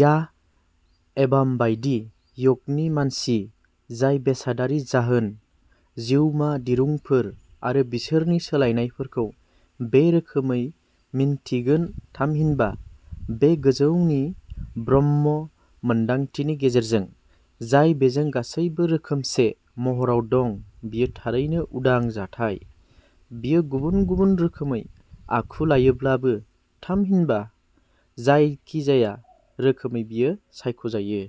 या एभाम बायदि य'गनि मानसि जाय बेसादारि जाहोन, जिउमा, दिरुंफोर आरो बिसोरनि सोलायनायफोरखौ बे रोखोमै मिन्थिगोन थामहिनबा, बे गोजौनि ब्रह्म-मोनदांथिनि गेजेरजों जाय'बेजों गासैबो रोखोमसे'महराव दं-बियो थारैनो उदां जाथाय-बियो गुबुन-गुबुन रोखोमै आखु लायोब्लाबो थामहिनबा, जायखिजाया रोखोमै बियो सायख'यो।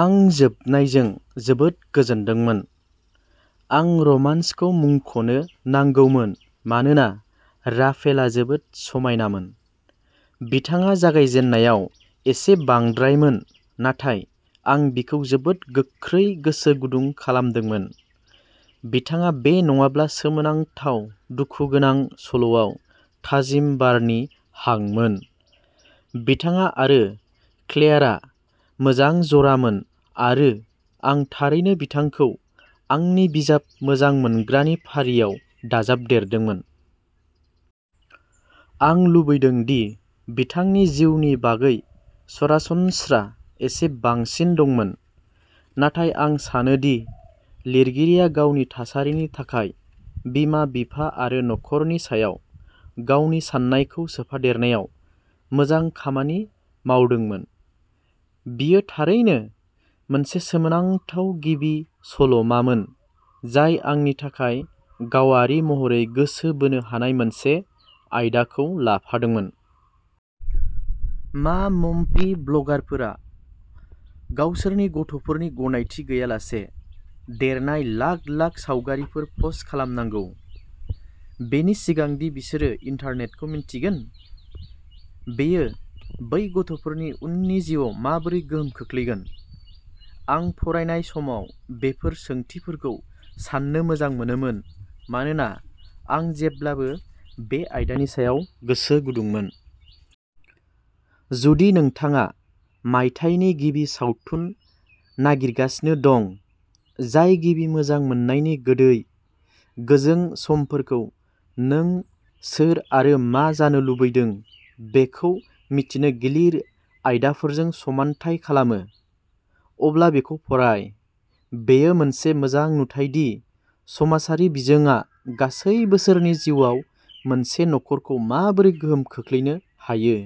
आं जोबनायजों जोबोद गोजोनदोंमोन। आं रमान्सखौ मुंख'नो नांगौमोन मानोना राफेलआ जोबोद समायनामोन। बिथाङा जागायजेननायाव एसे बांद्रायमोन नाथाय आं बिखौ जोबोद गोख्रै गोसो गुदुं खालामदोंमोन। बिथाङा बे नङाब्ला-सोमोनांथाव-दुखुगोनां सल'आव थाजिम बारनि हांमोन। बिथाङा आरो क्लेयारआ मोजां जरामोन आरो आं थारैनो बिथांखौ आंनि बिजाब मोजां मोनग्रानि फारियाव दाजाबदेरदोंमोन। आं लुबैदों दि बिथांनि जिउनि बागै सरासनस्रा एसे बांसिन दंमोन नाथाय आं सानो दि लिरगिरिया गावनि थासारिनि थाखाय बिमा-बिफा आरो नखरनि सायाव गावनि साननायखौ सोफादेरनायाव मोजां खामानि मावदोंमोन। बेयो थारैनो मोनसे सोमोनांथाव गिबि सल'मामोन, जाय आंनि थाखाय गावारि महरै गोसो बोनो हानाय मोनसे आयदाखौ लाफादोंमोन। मा मम्मी ब्लगारफोरा गावसोरनि गथ'फोरनि गनायथि गैयालासे देरनाय लाख-लाख सावगारिफोर पस्ट खालामनांगौ, बेनि सिगां दि बिसोरो इन्टारनेटखौ मिन्थिगोन? बेयो बै गथ'फोरनि उननि जिउआव माबोरै गोहोम खोख्लैगोन? आं फरायनाय समाव बेफोर सोंथिफोरखौ साननो मोजां मोनोमोन मानोना आं जेब्लाबो बे आयदानि सायाव गोसोगुदुंमोन। जुदि नोंथाङा मायथाइनि गिबि सावथुन नागिरगासिनो दं, जाय गिबि मोजां मोननायनि गोदै, गोजों समफोरखौ नों सोर आरो मा जानो लुबैदों बेखौ मिथिनो गिलिर आयदाफोरजों समानथाय खालामो, अब्ला बेखौ फराय। बेयो मोनसे मोजां नुथाय दि समाजारि बिजोङा गासै बोसोरनि जिउआव मोनसे नखरखौ माबोरै गोहोम खोख्लैनो हायो।